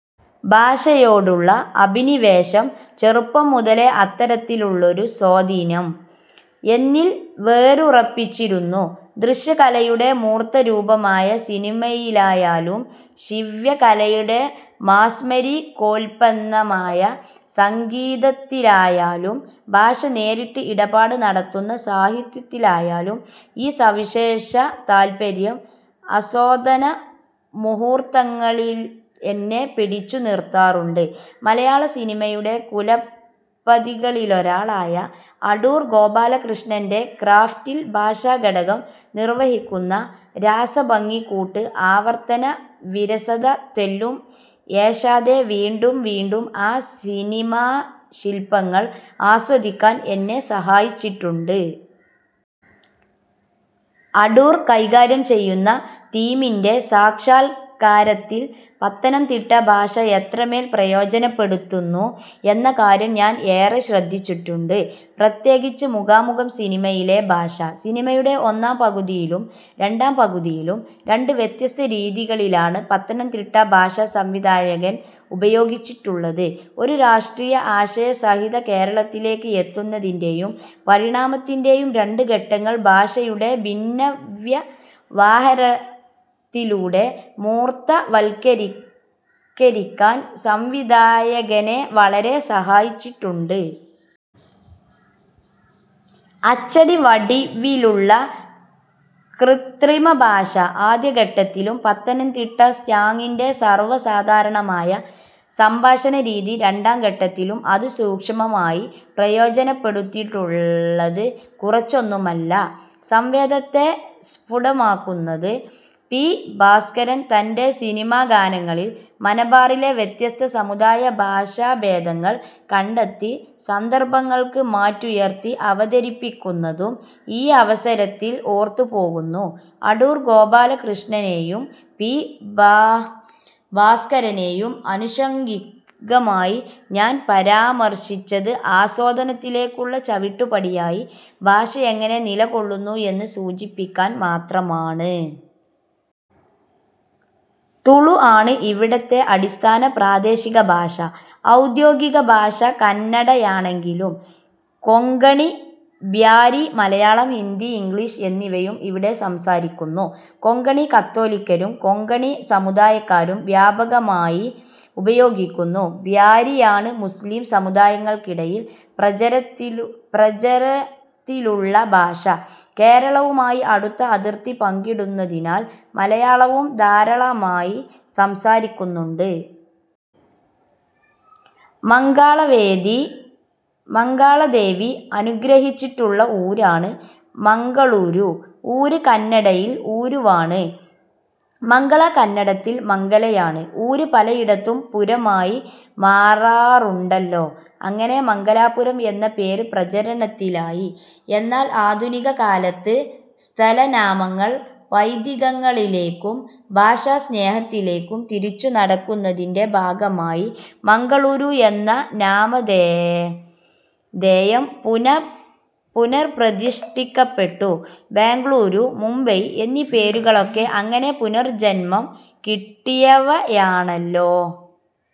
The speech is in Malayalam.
ഭാഷയോടുള്ള അഭിനിവേശം ചെറുപ്പം മുതലേ അത്തരത്തിലുള്ളൊരു സ്വാധീനം എന്നിൽ വേരുറപ്പിച്ചിരുന്നു. ദൃശ്യകലയുടെ മൂർത്തരൂപമായ സിനിമയിലായാലും ശ്രവ്യകലയുടെ മാസ്മരികോൽപ്പന്നമായ സംഗീതത്തിലായാലും ഭാഷ നേരിട്ട് ഇടപാട് നടത്തുന്ന സാഹിത്യത്തിലായാലും ഈ സവിശേഷതാൽപ്പര്യം ആസ്വാദനമുഹൂർത്തങ്ങളിൽ എന്നെ പിടിച്ചു നിർത്താറുണ്ട്. മലയാളസിനിമയുടെ കുലപതികളിലൊരാളായ അടൂർ ഗോപാലകൃഷ്ണന്റെ ക്രാഫ്റ്റിൽ ഭാഷാഘടകം നിർവഹിക്കുന്ന രാസഭംഗിക്കൂട്ട് ആവർത്തനവിരസത തെല്ലും ഏശാതെ വീണ്ടും വീണ്ടും ആ സിനിമാശിൽപ്പങ്ങൾ ആസ്വദിക്കാൻ എന്നെ സഹായിച്ചിട്ടുണ്ട്. അടൂർ കൈകാര്യം ചെയ്യുന്ന തീമിൻറെ സാക്ഷാൽക്കാരത്തിൽ പത്തനംതിട്ട ഭാഷ എത്രമേൽ പ്രയോജനപ്പെടുത്തുന്നു എന്ന കാര്യം ഞാൻ ഏറെ ശ്രദ്ധിച്ചിട്ടുണ്ട്. പ്രത്യേകിച്ച് മുഖാമുഖം സിനിമയിലെ ഭാഷ. സിനിമയുടെ ഒന്നാം പകുതിയിലും രണ്ടാം പകുതിയിലും രണ്ട് വ്യത്യസ്ത രീതികളിലാണ് പത്തനംതിട്ട ഭാഷ സംവിധായകൻ ഉപയോഗിച്ചിട്ടുള്ളത്. ഒരു രാഷ്ട്രീയ ആശയസംഹിത കേരളത്തിലേക്ക് എത്തുന്നതിന്റെയും പരിണാമത്തിന്റെയും രണ്ട് ഘട്ടങ്ങൾ ഭാഷയുടെ ഭിന്നവ്യവഹാരത്തിലൂടെ മൂർത്തവൽക്കരിക്കാൻ സംവിധായകനെ വളരെ സഹായിച്ചിട്ടുണ്ട്. അച്ചടിവടിവിലുള്ള കൃത്രിമഭാഷ ആദ്യഘട്ടത്തിലും പത്തനംതിട്ട സ്ലാങ്ങിൻറെ സർവസാധാരണമായ സംഭാഷണരീതി രണ്ടാം ഘട്ടത്തിലും അതിസൂക്ഷ്മമായി പ്രയോജനപ്പെടുത്തിയിട്ടുള്ളത് കുറച്ചൊന്നുമല്ല സംവേദനത്തെ സ്ഫുടമാക്കുന്നത്. പി. ഭാസ്കരൻ തന്റെ സിനിമാഗാനങ്ങളിൽ മലബാറിലെ വ്യത്യസ്ത സമുദായഭാഷാഭേദങ്ങൾ കണ്ടെത്തി സന്ദർഭങ്ങൾക്ക് മാറ്റുയർത്തി അവതരിപ്പിക്കുന്നതും ഈയവസരത്തിൽ ഓർത്തുപോകുന്നു. അടൂർ ഗോപാലകൃഷ്ണനെയും പി. ഭാസ്കരനെയും ആനുഷംഗികമായി ഞാൻ പരാമർശിച്ചത് ആസ്വാദനത്തിലേക്കുള്ള ചവിട്ടുപടിയായി ഭാഷ എങ്ങനെ നിലകൊള്ളുന്നു എന്ന് സൂചിപ്പിക്കാൻ മാത്രമാണ്. തുളു ആണ് ഇവിടത്തെ അടിസ്ഥാന പ്രാദേശികഭാഷ. ഔദ്യോഗികഭാഷ കന്നഡയാണെങ്കിലും കൊങ്കണി, ബ്യാരി, മലയാളം, ഹിന്ദി, ഇംഗ്ലീഷ് എന്നിവയും ഇവിടെ സംസാരിക്കുന്നു. കൊങ്കണി കത്തോലിക്കരും കൊങ്കണി സമുദായക്കാരും വ്യാപകമായി ഉപയോഗിക്കുന്നു. ബ്യാരിയാണ് മുസ്ലിം സമുദായങ്ങൾക്കിടയിൽ പ്രചാരത്തിലുള്ള ഭാഷ. കേരളവുമായി അടുത്ത അതിർത്തി പങ്കിടുന്നതിനാൽ മലയാളവും ധാരാളമായി സംസാരിക്കുന്നുണ്ട്. മംഗളാദേവി അനുഗ്രഹിച്ചിട്ടുള്ള ഊരാണ് മംഗളൂരു. ഊര് കന്നഡത്തിൽ 'ഊരു'വാണ്. മംഗള കന്നഡത്തിൽ മംഗലയാണ്. ഊര് പലയിടത്തും പുരമായി മാറാറുണ്ടല്ലോ. അങ്ങനെ മംഗലാപുരം എന്ന പേര് പ്രചാരത്തിലായി. എന്നാൽ ആധുനികകാലത്ത് സ്ഥലനാമങ്ങൾ പൈതൃകങ്ങളിലേക്കും ഭാഷാസ്നേഹത്തിലേക്കും തിരിച്ചുനടക്കുന്നതിന്റെ ഭാഗമായി മംഗളൂരു എന്ന നാമധേയം പുന:പ്രതിഷ്ഠിക്കപ്പെട്ടു. ബംഗളൂരു, മുംബൈ എന്നീ പേരുകളൊക്കെ അങ്ങനെ പുനർജന്മം കിട്ടിയവയാണല്ലോ.